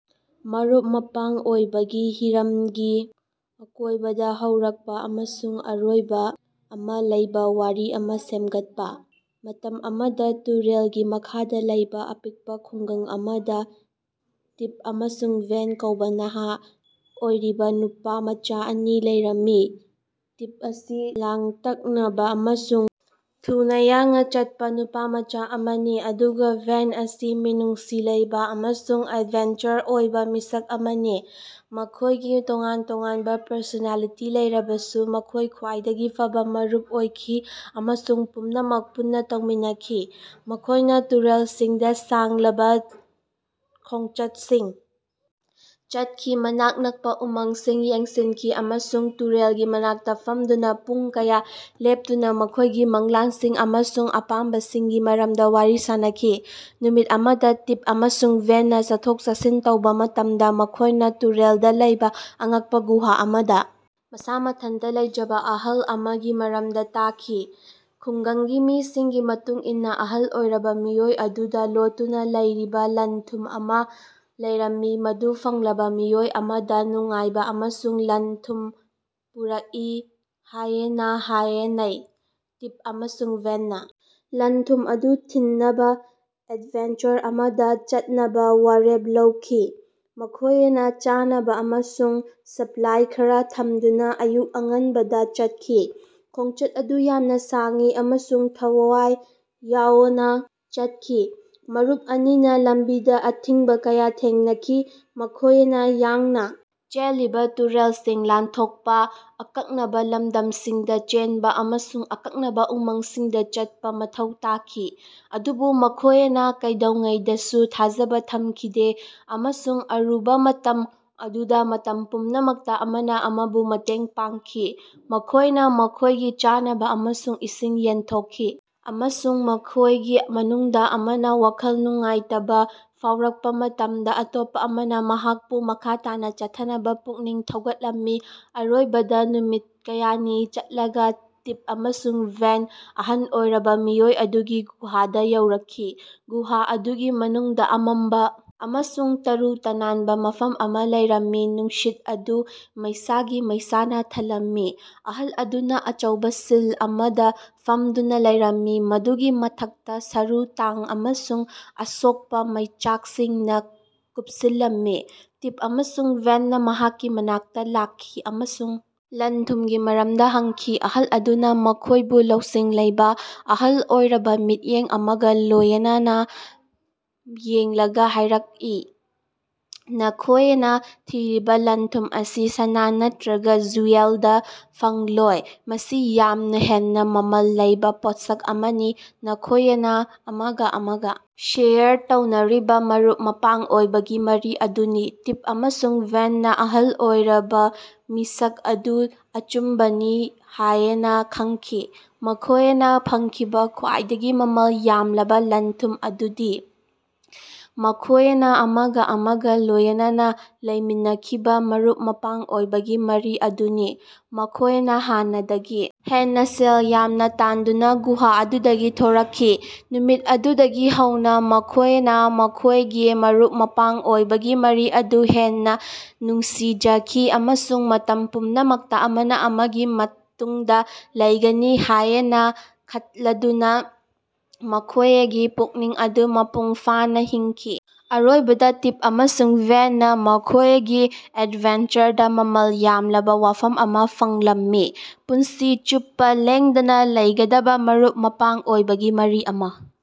ꯃꯔꯨꯞ-ꯃꯄꯥꯡ ꯑꯣꯏꯕꯒꯤ ꯍꯤꯔꯝꯒꯤ ꯑꯀꯣꯌꯕꯗ ꯍꯧꯔꯛꯄ ꯑꯃꯁꯨꯡ ꯑꯔꯣꯏꯕ ꯑꯃ ꯂꯩꯕ ꯋꯥꯔꯤ ꯑꯃ ꯁꯦꯝꯒꯠꯄ꯫ ꯃꯇꯝ ꯑꯃꯗ ꯇꯨꯔꯦꯜꯒꯤ ꯃꯈꯥꯗ ꯂꯩꯕ ꯑꯄꯤꯛꯄ ꯈꯨꯡꯒꯪ ꯑꯃꯗ ꯇꯤꯝ ꯑꯃꯁꯨꯡ ꯕꯦꯟ ꯀꯧꯕ ꯅꯍꯥ ꯑꯣꯏꯔꯤꯕ ꯅꯨꯄꯥꯃꯆ ꯑꯅꯤ ꯂꯩꯔꯝꯃꯤ꯫ ꯇꯤꯝ ꯑꯁꯤ ꯂꯥꯡꯇꯛꯅꯕ ꯑꯃꯁꯨꯡ ꯊꯨꯅ ꯌꯥꯡꯅ ꯆꯠꯄ ꯅꯨꯄꯥꯃꯆ ꯑꯃꯅꯤ, ꯑꯗꯨꯒ ꯕꯦꯟ ꯑꯁꯤ ꯃꯤꯅꯨꯡꯁꯤ ꯂꯩꯕ ꯑꯃꯁꯨꯡ ꯑꯦꯗꯚꯦꯟꯆꯔ ꯑꯣꯏꯕ ꯃꯤꯁꯛ ꯑꯃꯅꯤ꯫ ꯃꯈꯣꯌꯒꯤ ꯇꯣꯉꯥꯟ ꯇꯣꯉꯥꯟꯕ ꯄꯔꯁꯣꯅꯦꯂꯤꯇꯤ ꯂꯩꯔꯕꯁꯨ ꯃꯈꯣꯌ ꯈ꯭ꯋꯥꯏꯗꯒꯤ ꯐꯕ ꯃꯔꯨꯞ ꯑꯣꯏꯈꯤ ꯑꯃꯁꯨꯡ ꯄꯨꯝꯅꯃꯛ ꯄꯨꯟꯅ ꯇꯧꯃꯤꯟꯅꯈꯤ꯫ ꯃꯈꯣꯌꯅ ꯇꯨꯔꯦꯜꯁꯤꯡꯗ ꯁꯥꯡꯂꯕ ꯈꯣꯡꯆꯠꯁꯤꯡ ꯆꯠꯈꯤ, ꯃꯅꯥꯛ ꯅꯛꯄ ꯎꯃꯪꯁꯤꯡ ꯌꯦꯡꯁꯤꯟꯈꯤ ꯑꯃꯁꯨꯡ ꯇꯨꯔꯦꯜꯒꯤ ꯃꯅꯥꯛꯇ ꯐꯝꯗꯨꯅ ꯄꯨꯡ ꯀꯌꯥ ꯂꯦꯞꯇꯨꯅ ꯃꯈꯣꯌꯒꯤ ꯃꯪꯂꯥꯟꯁꯤꯡ ꯑꯃꯁꯨꯡ ꯑꯄꯥꯝꯕꯁꯤꯡꯒꯤ ꯃꯔꯝꯗ ꯋꯥꯔꯤ ꯁꯥꯅꯈꯤ꯫ ꯅꯨꯃꯤꯠ ꯑꯃꯗ ꯇꯤꯝ ꯑꯃꯁꯨꯡ ꯕꯦꯟꯅ ꯆꯠꯊꯣꯛ-ꯆꯠꯁꯤꯟ ꯇꯧꯕ ꯃꯇꯝꯗ ꯃꯈꯣꯌꯅ ꯇꯨꯔꯦꯜꯗ ꯂꯩꯕ ꯑꯉꯛꯄ ꯒꯨꯍꯥ ꯑꯃꯗ ꯃꯁꯥ ꯃꯊꯟꯇ ꯂꯩꯖꯕ ꯑꯍꯜ ꯑꯃꯒꯤ ꯃꯔꯗ ꯇꯥꯈꯤ꯫ ꯈꯨꯡꯒꯪꯒꯤ ꯃꯤꯁꯤꯡꯒꯤ ꯃꯇꯨꯡ ꯏꯟꯅ ꯑꯍꯜ ꯑꯣꯏꯔꯕ ꯃꯤꯑꯣꯏ ꯑꯗꯨꯗ ꯂꯣꯠꯇꯨꯅ ꯂꯩꯔꯤꯕ ꯂꯟ-ꯊꯨꯝ ꯑꯃ ꯂꯩꯔꯝꯃꯤ, ꯃꯗꯨ ꯐꯪꯂꯕ ꯃꯤꯑꯣꯏ ꯑꯃꯗ ꯅꯨꯡꯉꯥꯏꯕ ꯑꯃꯁꯨꯡ ꯂꯟ-ꯊꯨꯝ ꯄꯨꯔꯛꯏ ꯍꯥꯌꯅ ꯍꯥꯌꯅꯩ꯫ ꯇꯤꯝ ꯑꯃꯁꯨꯡ ꯕꯦꯟꯅ ꯂꯟ-ꯊꯨꯝ ꯑꯗꯨ ꯊꯤꯟꯕ ꯑꯦꯗꯚꯦꯟꯆꯔ ꯑꯃꯗ ꯆꯠꯅꯕ ꯋꯥꯔꯦꯞ ꯂꯧꯈꯤ꯫ ꯃꯈꯣꯌꯅ ꯆꯥꯅꯕ ꯑꯃꯁꯨꯡ ꯁꯄꯂꯥꯏ ꯈꯔꯥ ꯊꯝꯗꯨꯅ ꯑꯌꯨꯛ ꯑꯉꯟꯕꯗ ꯆꯠꯈꯤ꯫ ꯈꯣꯡꯆꯠ ꯑꯗꯨ ꯌꯥꯝꯅ ꯁꯥꯡꯏ ꯑꯃꯁꯨꯡ ꯊꯋꯥꯌ ꯌꯥꯑꯣꯅ ꯆꯠꯈꯤ, ꯃꯔꯨꯞ ꯑꯅꯤꯅꯥ ꯂꯝꯕꯤꯗ ꯑꯊꯤꯡꯕ ꯀꯌꯥ ꯊꯦꯡꯅꯈꯤ꯫ ꯃꯈꯣꯌꯅ ꯌꯥꯡꯅ ꯆꯦꯜꯂꯤꯕ ꯇꯨꯔꯦꯜꯁꯤꯡ ꯂꯥꯟꯊꯣꯛꯄ, ꯑꯀꯛꯅꯕ ꯂꯝꯗꯝꯁꯤꯡꯗ ꯆꯦꯟꯕ ꯑꯃꯁꯨꯡ ꯑꯀꯛꯅꯕ ꯎꯃꯪꯁꯤꯡꯗ ꯆꯠꯄꯥ ꯃꯊꯧ ꯇꯥꯈꯤ꯫ ꯑꯗꯨꯕꯨ ꯃꯈꯣꯌꯅ ꯀꯩꯗꯧꯉꯩꯗꯁꯨ ꯊꯥꯖꯕ ꯊꯝꯈꯤꯗꯦ ꯑꯃꯁꯨꯡ ꯑꯔꯨꯕ ꯃꯇꯝ ꯑꯗꯨꯗ ꯃꯇꯝ ꯄꯨꯝꯅꯃꯛꯇ ꯑꯃꯅ ꯑꯃꯕꯨ ꯃꯇꯦꯡ ꯄꯥꯡꯈꯤ꯫ ꯃꯈꯣꯌꯅ ꯃꯈꯣꯌꯒꯤ ꯆꯥꯅꯕ ꯑꯃꯁꯨꯡ ꯏꯁꯤꯡ ꯌꯦꯟꯊꯣꯛꯈꯤ ꯑꯃꯁꯨꯡ ꯃꯈꯣꯌꯒꯤ ꯃꯅꯨꯡꯗ ꯑꯃꯅ ꯋꯥꯈꯜ ꯅꯨꯡꯉꯥꯏꯇꯕ ꯐꯥꯑꯣꯔꯛꯄ ꯃꯇꯝꯗ ꯑꯇꯣꯞꯄ ꯑꯃꯅ ꯃꯍꯥꯛꯄꯨ ꯃꯈꯥ ꯇꯥꯅ ꯆꯠꯊꯅꯕ ꯄꯨꯛꯅꯤꯡ ꯊꯧꯒꯠꯂꯝꯃꯤ꯫ ꯑꯔꯣꯏꯕꯗ ꯅꯨꯃꯤꯠ ꯀꯌꯥꯅꯤ ꯆꯠꯂꯒ ꯇꯤꯝ ꯑꯃꯁꯨꯡ ꯕꯦꯟ ꯑꯍꯜ ꯑꯣꯏꯔꯕ ꯃꯤꯑꯣꯏ ꯑꯗꯨꯒꯤ ꯒꯨꯍꯥꯗ ꯌꯧꯔꯛꯈꯤ꯫ ꯒꯨꯍꯥ ꯑꯗꯨꯒꯤ ꯃꯅꯨꯡꯗ ꯑꯃꯝꯕ ꯑꯃꯁꯨꯡ ꯇꯔꯨ ꯇꯅꯥꯟꯕ ꯃꯐꯝ ꯑꯃ ꯂꯩꯔꯝꯃꯤ, ꯅꯨꯡꯁꯤꯠ ꯑꯗꯨ ꯃꯩꯁꯥꯒꯤ ꯃꯩꯁꯥꯅ ꯊꯜꯂꯝꯃꯤ꯫ ꯑꯍꯜ ꯑꯗꯨꯅ ꯑꯆꯧꯕ ꯁꯤꯜ ꯑꯃꯗ ꯐꯝꯗꯨꯅ ꯂꯩꯔꯝꯃꯤ, ꯃꯗꯨꯒꯤ ꯃꯊꯛꯇ ꯁꯔꯨ ꯇꯥꯡ ꯑꯃꯁꯨꯡ ꯑꯁꯣꯛꯄ ꯃꯩꯆꯥꯛꯁꯤꯡꯅ ꯀꯨꯞꯁꯤꯜꯂꯝꯃꯤ꯫ ꯇꯤꯝ ꯑꯃꯁꯨꯡ ꯕꯦꯟꯅ ꯃꯍꯥꯛꯀꯤ ꯃꯅꯥꯛꯇ ꯂꯥꯛꯈꯤ ꯑꯃꯁꯨꯡ ꯂꯟ-ꯊꯨꯃꯝꯒꯤ ꯃꯔꯝꯗ ꯍꯪꯈꯤ꯫ ꯑꯍꯜ ꯑꯗꯨꯅ ꯃꯈꯣꯌꯕꯨ ꯂꯧꯁꯤꯡ ꯂꯩꯕ, ꯑꯍꯜ ꯑꯣꯏꯔꯕ ꯃꯤꯠꯌꯦꯡ ꯑꯃꯒ ꯂꯣꯌꯅꯅ ꯌꯦꯡꯂꯒ ꯍꯥꯌꯔꯛꯏ, "ꯅꯈꯣꯌꯅ ꯊꯤꯔꯤꯕ ꯂꯟ-ꯊꯨꯝ ꯑꯁꯤ ꯁꯅꯥ ꯅꯠꯇ꯭ꯔꯒ ꯖꯨꯌꯦꯜꯗ ꯐꯪꯂꯣꯏ꯫ ꯃꯁꯤ ꯌꯥꯝꯅ ꯍꯦꯟꯅꯥ ꯃꯃꯜ ꯂꯩꯕ ꯄꯣꯠꯁꯛ ꯑꯃꯅꯤ꯫ ꯅꯈꯣꯌꯅ ꯑꯃꯒ ꯑꯃꯒ ꯁꯦꯌꯔ ꯇꯧꯅꯔꯤꯕ ꯃꯔꯨꯞ-ꯃꯄꯥꯡ ꯑꯣꯏꯕꯒꯤ ꯃꯔꯤ ꯑꯗꯨꯅꯤ꯫" ꯇꯤꯝ ꯑꯃꯁꯨꯡ ꯕꯦꯟꯅ ꯑꯍꯜ ꯑꯣꯏꯔꯕꯥꯃꯤꯁꯛ ꯑꯗꯨ ꯑꯆꯨꯝꯕꯅꯤ ꯍꯥꯌꯅ ꯈꯪꯈꯤ꯫ ꯃꯈꯣꯌꯅ ꯐꯪꯈꯤꯕ ꯈ꯭ꯋꯥꯏꯗꯒꯤ ꯃꯃꯜ ꯌꯥꯝꯂꯕ ꯂꯟ-ꯊꯨꯝ ꯑꯗꯨꯗꯤ ꯃꯈꯣꯌꯅ ꯑꯃꯒ ꯑꯃꯒ ꯂꯣꯌꯅꯅ ꯂꯩꯃꯤꯟꯅꯈꯤꯕ ꯃꯔꯨꯞ-ꯃꯄꯥꯡ ꯑꯣꯏꯕꯒꯤ ꯃꯔꯤ ꯑꯗꯨꯅꯤ꯫ ꯃꯈꯣꯌꯅ ꯍꯥꯟꯅꯗꯒꯤ ꯍꯦꯟꯅ ꯁꯦꯜ ꯌꯥꯝꯅꯥ ꯇꯥꯟꯗꯨꯅ ꯒꯨꯍꯥ ꯑꯗꯨꯗꯒꯤ ꯊꯣꯔꯛꯈꯤ꯫ ꯅꯨꯃꯤꯠ ꯑꯗꯨꯗꯒꯤ ꯍꯧꯅ ꯃꯈꯣꯌꯅ ꯃꯈꯣꯌꯒꯤ ꯃꯔꯨꯞ-ꯃꯄꯥꯡ ꯑꯣꯏꯕꯒꯤ ꯃꯔꯤ ꯑꯗꯨ ꯍꯦꯟꯅ ꯅꯨꯡꯁꯤꯖꯈꯤ ꯑꯃꯁꯨꯡ ꯃꯇꯝ ꯄꯨꯝꯅꯃꯛꯇ ꯑꯃꯅ ꯑꯃꯒꯤ ꯃꯇꯨꯡꯗ ꯂꯩꯒꯅꯤ ꯍꯥꯌꯕ ꯈꯇꯂꯗꯨꯅ ꯃꯈꯣꯌꯒꯤ ꯄꯨꯟꯁꯤ ꯑꯗꯨ ꯃꯄꯨꯡ ꯐꯥꯅ ꯍꯤꯡꯈꯤ꯫ ꯑꯔꯣꯏꯕꯗ ꯇꯤꯝ ꯑꯃꯁꯨꯡ ꯕꯦꯟꯅ ꯃꯈꯣꯌꯒꯤ ꯑꯦꯗꯚꯦꯟꯆꯔꯗ ꯃꯃꯜ ꯌꯥꯝꯂꯕ ꯋꯥꯐꯝ ꯑꯃ ꯐꯪꯂꯝꯃꯤ: ꯄꯨꯟꯁꯤ ꯆꯨꯞꯄ ꯂꯦꯡꯗꯅ ꯂꯩꯒꯗꯕ ꯃꯔꯨꯞ-ꯃꯄꯥꯡ ꯑꯣꯏꯕꯒꯤ ꯃꯔꯤ ꯑꯃ꯫